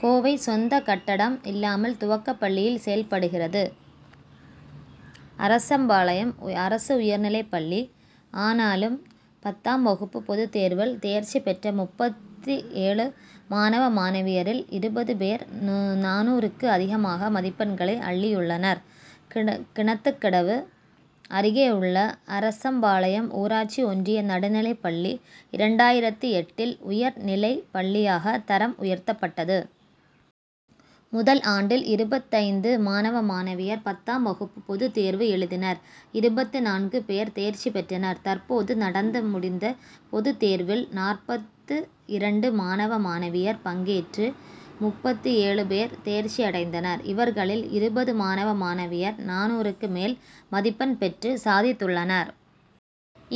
கோவை சொந்த கட்டடம் இல்லாமல் துவக்கப்பள்ளியில் செயல்படுகிறது, அரசம்பாளையம் அரசு உயர் நிலைப்பள்ளி. ஆனாலும், பத்தாம் வகுப்பு பொதுத்தேர்வில் தேர்ச்சி பெற்ற முப்பத்து ஏழு மாணவ, மாணவியரில் இருபது பேர் நானூறுக்கும் அதிகமான மதிப்பெண்களை அள்ளியுள்ளனர். கிணத்துக்கடவு அருகேயுள்ளஅரசம்பாளையம் ஊராட்சி ஒன்றிய நடுநிலைப்பள்ளி, இரண்டாயிரத்து எட்டில் உயர் நிலைப்பள்ளியாக தரம் உயர்த்தப்பட்டது. முதல் ஆண்டில் இருபத்தைந்து மாணவ, மாணவியர் பத்தாம் வகுப்பு பொதுத்தேர்வு எழுதினர் இருபத்து நான்கு பேர் தேர்ச்சி பெற்றனர். தற்போது நடந்து முடிந்த பொதுத்தேர்வில் நாற்பத்து இரண்டு மாணவ, மாணவியர் பங்கேற்று முப்பத்து ஏழு பேர் தேர்ச்சி அடைந்தனர். இவர்களில் இருபது மாணவ, மாணவியர் நானூறுக்கு மேல் மதிப்பெண் பெற்று சாதித்துள்ளனர்.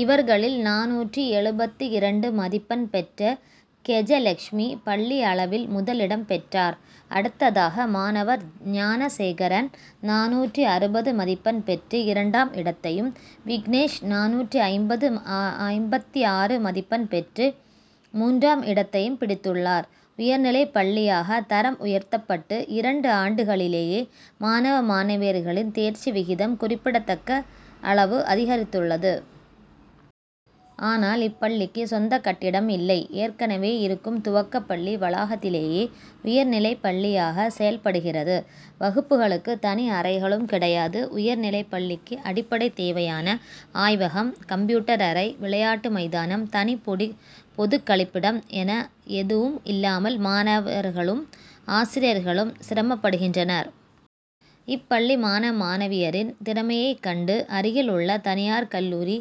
இவர்களில் நானூற்று எழுபத்து இரண்டு மதிப்பெண் பெற்ற கெஜலட்சுமி பள்ளி அளவில் முதல் இடம் பெற்றார். அடுத்ததாக, மாணவர் ஞானசேகரன் நானூற்று அறுபது மதிப்பெண் பெற்று இரண்டாம் இடத்தையும், விக்னேஷ் நானூற்று ஐம்பத்து ஆறு மதிப்பெண் பெற்று மூன்றாம் இடத்தையும் பிடித்துள்ளனர். உயர்நிலைப்பள்ளியாக தரம் உயர்த்தப்பட்டு இரண்டு ஆண்டுகளிலேயே மாணவர்களின் தேர்ச்சி விகிதம் குறிப்பிடத்தக்க அளவு அதிகரித்துள்ளது. ஆனால், இப்பள்ளிக்கு சொந்த கட்டடம் இல்லை. ஏற்கனவே இருக்கும் துவக்கப்பள்ளி வளாகத்திலேயே உயர்நிலைப்பள்ளியாக செயல்படுகிறது. வகுப்புகளுக்கு தனி அறைகளும் கிடையாது. உயர்நிலைப்பள்ளிக்கு அடிப் படை தேவையான ஆய்வகம், கம்ப் யூட்டர் அறை, விளையாட்டு மைதானம், தனி பொதுக்கழிப்பிடம் என எதுவும் இல்லாமல் மாணவர்களும், ஆசிரியர்களும் சிரமப்படுகின்றனர். இப்பள்ளி மாணவ, மாணவியரின் திறமையைக் கண்டு, அருகில் உள்ள தனியார் கல்லூரி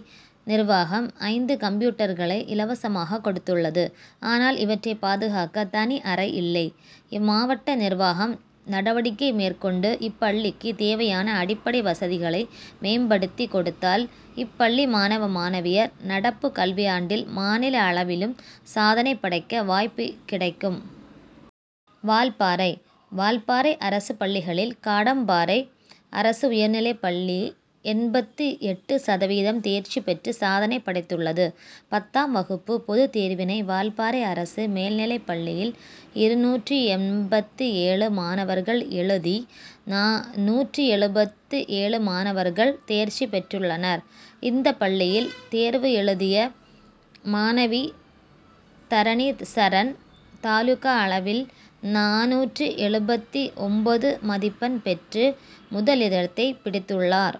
நிர்வாகம் ஐந்து கம்ப்யூட்டர்களை இலவசமாக கொடுத்துள்ளது. ஆனால், இவற்றை பாதுகாக்க தனி அறை இல்லை. மாவட்ட நிர்வாகம் நடவடிக்கை மேற்கொண்டு இப்பள்ளிக்கு தேவையான அடிப்படை வசதிகளை மேம்படுத்தி கொடுத்தால், இப்பள்ளி மாணவ, மாணவியர் நடப்பு கல்வியாண்டில் மாநில அளவில் சாதனை படைக்க வாய்ப்பு கிடைக்கும். வால்பாறை வால்பாறை அரசு பள்ளிகளில், காடம்பாறை அரசு உயர்நிலைப்பள்ளி எண்பத்து எட்டு சதவீதம் தேர்ச்சி பெற்று சாதனை படைத்துள்ளது. பத்தாம் வகுப்பு பொது தேர்வினை வால்பாறை அரசு மேல்நிலைப்பள்ளியில் இருநூற்று எண்பத்து ஏழு மாணவர்கள் எழுதி, நூற்று எழுபத்து ஏழு மாணவர்கள் தேர்ச்சி பெற்றுள்ளனர். இந்த பள்ளியில் தேர்வு எழுதிய மாணவி தாரணிசரண் தாலுகா அளவில் நானூற்று எழுபத்து ஒன்பது மதிப்பெண் பெற்று முதலிடத்தை பிடித்துள்ளார்.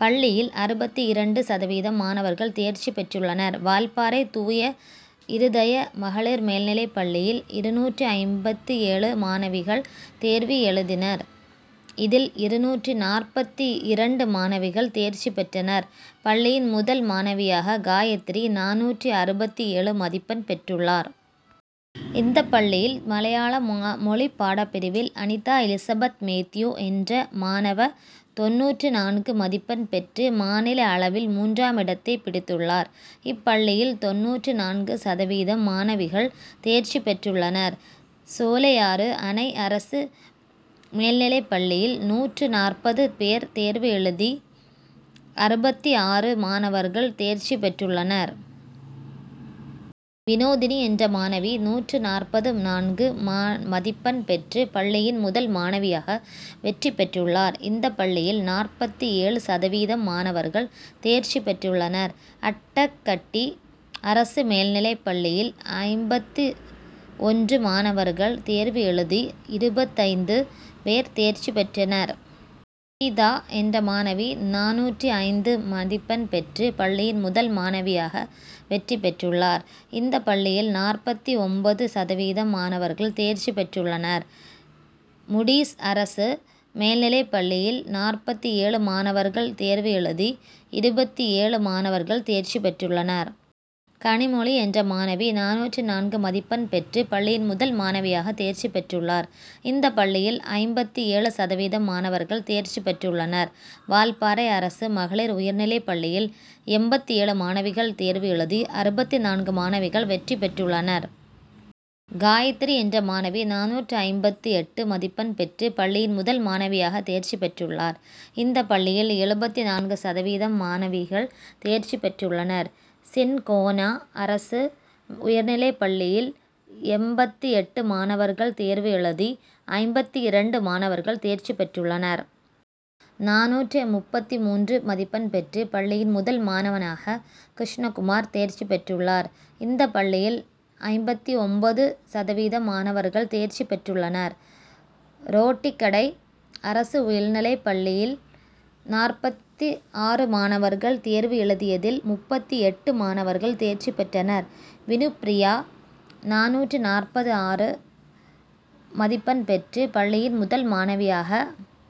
பள்ளியில் அறுபத்து இரண்டு சதவீதம் மாணவர்கள் தேர்ச்சி பெற்றுள்ளனர். வால்பாறை தூய இருதய மகளிர் மேல்நிலைப்பள்ளியில் இருநூற்று ஐம்பத்து ஏழு மாணவிகள் தேர்வு எழுதினர். இதில் இருநூற்று நாற்பத்து இரண்டு மாணவிகள் தேர்ச்சி பெற்றனர். பள்ளியின் முதல் மாணவியாக காயத்ரி நானூற்று அறுபத்து ஏழு மதிப்பெண் பெற்றுள்ளார். இந்த பள்ளியில் மலையாள மொழிப்பாடப்பிரிவில் அனிதாஎலிசபெத்மேத்யூ என்ற மாணவ, தொண்ணூற்று நான்கு மதிப்பெண் பெற்று மாநில அளவில் மூன்றாமிடத்தை பிடித்துள்ளார். இப்பள்ளியில் தொண்ணூற்று நான்கு சதவீதம் மாணவிகள் தேர்ச்சி பெற்றுள்ளனர். சோலையாறு அணை அரசு மேல்நிலைப்பள்ளியில் நூற்று நாற்பது பேர் தேர்வு எழுதி அறுபத்து ஆறு மாணவர்கள் தேர்ச்சி பெற்றுள்ளனர். விநோதினி என்ற மாணவி நானூற்று நாற்பத்து நான்கு மதிப்பெண் பெற்று பள்ளியின் முதல் மாணவியாக வெற்றி பெற்றுள்ளார். இந்த பள்ளியில் நாற்பத்து ஏழு சதவீதம் மாணவர்கள் தேர்ச்சி பெற்றுள்ளனர். அட்டகட்டி அரசு மேல்நிலைப்பள்ளியில் ஐம்பத்து ஒன்று மாணவர்கள் தேர்வு எழுதி, இருபத்தைந்து பேர் தேர்ச்சி பெற்றனர். சீதா என்ற மாணவி நானூற்று ஐந்து மதிப்பெண் பெற்று பள்ளியின் முதல் மாணவியாக வெற்றி பெற்றுள்ளார். இந்த பள்ளியில் நாற்பத்து ஒன்பது சதவீதம் மாணவர்கள் தேர்ச்சி பெற்றுள்ளனர். முடீஸ் அரசு மேல்நிலைப்பள்ளியில் நாற்பத்து ஏழு மாணவர்கள் தேர்வு எழுதி, இருபத்து ஏழு மாணவர்கள் தேர்ச்சி பெற்றுள்ளனர். கனிமொழி என்ற மாணவி நானூற்று நான்கு மதிப்பெண் பெற்று பள்ளியின் முதல் மாணவியாக தேர்ச்சி பெற்றுள்ளார். இந்த பள்ளியில் ஐம்பத்து ஏழு சதவீதம் மாணவர்கள் தேர்ச்சி பெற்றுள்ளனர். வால்பாறை அரசு மகளிர் உயர்நிலைப்பள்ளியில் எண்பத்து ஏழு மாணவிகள் தேர்வு எழுதி, அறுபத்து நான்கு மாணவிகள் வெற்றி பெற்றுள்ளனர். காயத்ரி என்ற மாணவி நானூற்று ஐம்பத்து எட்டு மதிப்பெண் பெற்று பள்ளியின் முதல் மாணவியாக தேர்ச்சி பெற்றுள்ளார். இந்த பள்ளியில் எழுபத்து நான்கு சதவீதம் மாணவிகள் தேர்ச்சி பெற்றுள்ளனர். சின்கோனா அரசு உயர்நிலைப்பள்ளியில் எண்பத்து எட்டு மாணவர்கள் தேர்வு எழுதி ஐம்பத்து இரண்டு மாணவர்கள் தேர்ச்சி பெற்றுள்ளனர். நானூற்று முப்பத்து மூன்று மதிப்பெண் பெற்று பள்ளியின் முதல் மாணவனாக கிருஷ்ணகுமார் தேர்ச்சி பெற்றுள்ளார். இந்த பள்ளியில் ஐம்பத்து ஒன்பது சதவீதம் மாணவர்கள் தேர்ச்சி பெற்றுள்ளனர். ரொட்டிக்கடை அரசு உயர்நிலைப்பள்ளியில் நாற்பத்து ஆறு மாணவர்கள் தேர்வு எழுதியதில் முப்பத்து எட்டு மாணவர்கள் தேர்ச்சி பெற்றனர். வினுப்பிரியா நானூற்று நாற்பத்து ஆறு மதிப்பெண் பெற்று பள்ளியின் முதல் மாணவியாக